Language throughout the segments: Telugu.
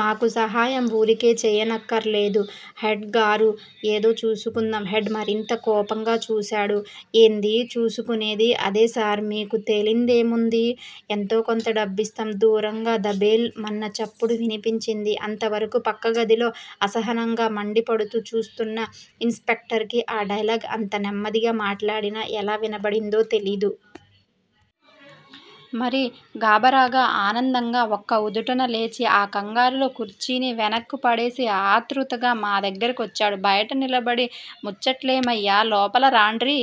మాకు సహాయం వూరికే చేయనక్కర్లేదు హెడ్ గారూ! ఏదో చూసుకుందాం హెడ్ మరింత కోపంగా చూశాడు. ఏంది చూసుకునేది. అదేసార్! మీకు తెలీందేముంది? ఎంతోకొంత డబ్బిస్తాం దూరంగా దభేల్ మన్న చప్పుడు వినిపించింది. అంతవరకూ పక్కగదిలో అసహనంగా, మండిపడుతూ చూస్తోన్న ఇన్ స్పెక్టర్ కి ఆ డైలాగ్ అంత నెమ్మదిగా మాట్లాడినా ఎలా వినబడిందో తెలీదు. మరి! గాబరాగా, ఆనందంగా ఒక్క ఉదుటున లేచి ఆ కంగారులో కుర్చీని వెనక్కు పడేసి ఆత్రుతగా మా దగ్గర కొచ్చాడు. బయట నిలబడి ముచ్చట్లేమయ్యా! లోపటరాండ్రి,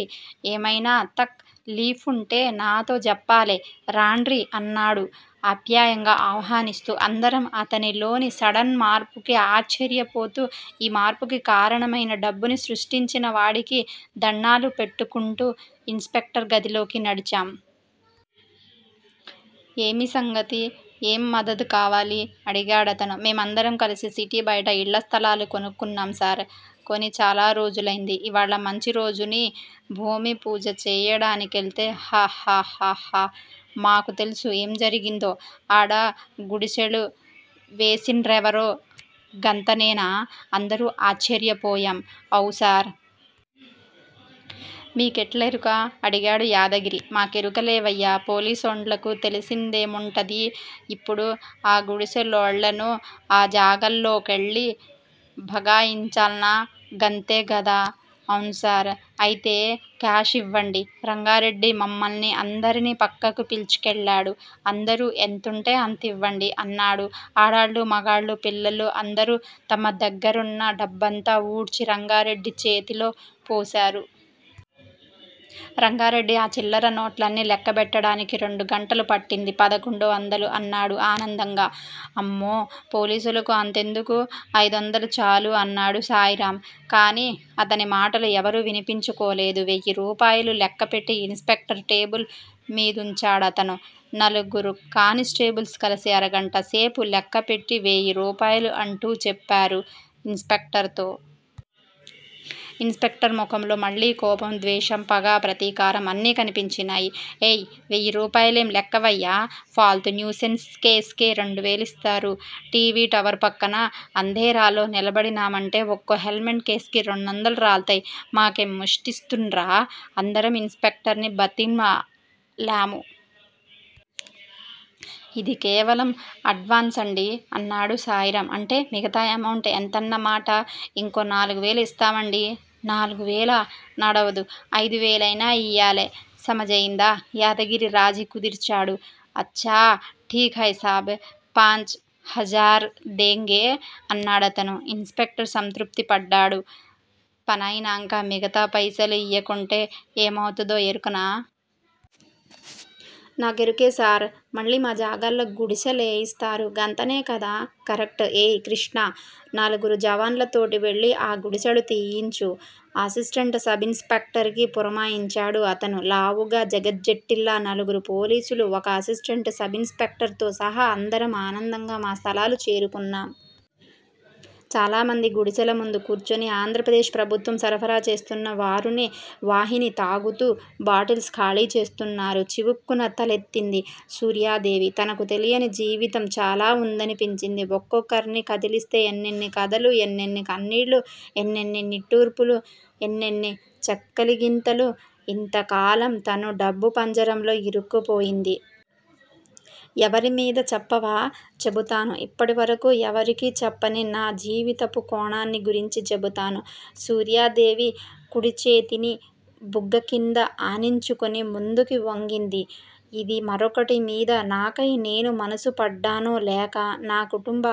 ఏమైనా తక్ లీఫుంటే నాతో జెప్పాలె! రాండ్రి అన్నాడు ఆప్యాయంగా ఆహ్వానిస్తూ. అందరం అతనిలోని సడెన్ మార్పుకి ఆశ్చర్యపోతూ, ఈ మార్పుకి కారణమైన డబ్బుని సృష్టించినవాడికి దణ్ణాలు పెట్టుకుంటూ ఇన్ స్పెక్టర్ గదిలోకి నడిచాం. ఏమి సంగతి? ఏం మదద్ కావాలి? అడిగాడతను. మేమందరం కలిసి సిటీ బయట ఇళ్ళస్థలాలు కొనుక్కున్నాం సార్! కొని చాలా రోజులైంది. ఇవాళ మంచిరోజుని భూమిపూజ చేయడానికెళ్తే హ్హహ్హహ్హహ్హ! మాకు తెల్సు ఏం జరిగిందో! ఆడ గుడిశెళు వేసిన్రెవరో గంతనేనా? అందరూ ఆశ్చర్యపోయాం. అవ్ సార్! మీ కెట్లెరుక? అడిగాడు యాదగిరి. మాకెరుక లేవయ్యా! పోలీసోండ్లకు తెలిసిందేముంటది? ఇప్పుడు ఆగుడిశె లోళ్ళను ఆ జాగల్లోకెళ్ళి భగాయించాల్న. గంతేగదా! అవున్సార్! అయితే కాష్ ఇవ్వండి! రంగారెడ్డి మమ్మల్ని అందరినీ పక్కకు పిల్చుకెళ్ళాడు. అందరూ ఎంతుంటే అంతివ్వండి అన్నాడు. ఆడాళ్ళూ, మగాళ్ళూ, పిల్లలూ అందరూ తమ దగ్గరున్న డబ్బంతా ఊడ్చి రంగారెడ్డి చేతిలో పోశారు. రంగారెడ్డి ఆ చిల్లర నోట్లన్నీ లెక్కబెట్టడానికి రెండు గంటలుపట్టింది. పదకొండు వందలు అన్నాడు ఆనందంగా. అమ్మో! పోలీసులకు అంతెందుకు? అయిదొందలు చాలు అన్నాడు శాయిరామ్. కానీ అతని మాటలు ఎవరూ వినిపించుకోలేదు. వెయ్యి రూపాయలు లెక్కపెట్టి ఇన్ స్పెక్టర్ టేబుల్ మీదుంచాడతను. నలుగురు కానిస్టేబుల్స్ కలిసి అరగంటసేపు లెక్కపెట్టి వేయిరూపాయలు అంటూ చెప్పారు ఇన్ స్పెక్టర్ తో. ఇన్ స్పెక్టర్ మొఖంలో మళ్ళీ కోపం, ద్వేషం, పగ, ప్రతీకారం అన్నీ కనిపించినాయ్. ఏయ్! వెయ్యి రూపాయలేం లెక్కవయ్యా! ఫాల్తూ న్యూసెన్స్ కేస్ కే రెండు వేలిస్తారు! టీవీ టవర్ పక్కన అంధేరాలో నిలబడినామంటే ఒక్కో హెల్మెట్ కేస్కి రెండొందలు రాల్తయ్! మాకేం ముష్టిస్తున్రా? అందరం ఇన్ స్పెక్టర్ ని బ్రతిమాలాము. ఇది కేవలం అడ్వాన్సండీ అన్నాడు శాయిరాం. అంటే మిగతా ఎమౌంట్ ఎంతన్నమాట? ఇంకో నాలుగువేలు ఇస్తామండీ! నాల్గువేలా? నడవదు. అయిదువేలయినా ఇయ్యాలె! సమజయిందా? యాదగిరి రాజీ కుదిర్చాడు. అచ్చా! ఠీక్ హై సాబ్! పాంచ్ హజార్ దేంగే! అన్నాడతను. ఇన్ స్పెక్టర్ సంతృప్తి పడ్డాడు. పనయినాంక మిగతా పైసలు ఇయ్యకుంటే ఏమౌతదో ఎరుకనా? నాకెరుకే సార్! మళ్ళీ మా జాగాల్లో గుడిసె లేయిస్తారు గంతనే కదా! కరెక్ట్! ఏయ్ కృష్ణా! నలుగురు జవాన్లతోటి వెళ్ళి ఆ గుడిసెళు తీయించు అసిస్టెంట్ సబిన్ స్పెక్టర్ కి పురమాయించాడు అతను. లావుగా, జగజ్జెట్టీల్లా నలుగురు పోలీసులు. ఒక అసిస్టెంట్ సబిన్ స్పెక్టర్ తో సహా అందరం ఆనందంగా మా స్థలాలు చేరుకున్నాం! చాలామంది గుడిసెల ముందు కూర్చుని ఆంధ్రప్రదేశ్ ప్రభుత్వం సరఫరా చేస్తున్న వారుని వాహిని తాగుతూ, బాటిల్స్ ఖాళీ చేస్తున్నారు. చివుక్కున తలెత్తింది సూర్యాదేవి. తనకు తెలియని జీవితం చాలా వుందనిపించింది. ఒక్కొక్కర్ని కదిలిస్తే ఎన్నెన్ని కథలు, ఎన్నెన్ని కన్నీళ్ళు, ఎన్నెన్ని నిట్టూర్పులు, ఎన్నెన్ని చక్కలిగింతలు. ఇంతకాలం తను డబ్బు పంజరంలో ఇరుక్కుపోయింది. ఎవరిమీద? చెప్పవా? చెబుతాను ఇప్పటివరకు ఎవరికీ చెప్పని నా జీవితపు కోణాన్ని గురించి చెబుతాను సూర్యాదేవి కుడిచేతిని బుగ్గకింద ఆనించుకుని ముందుకి వంగింది. ఇది మరొకటి మీద నాకై నేను మనసు పడ్డానో, లేక నా కుటుంబ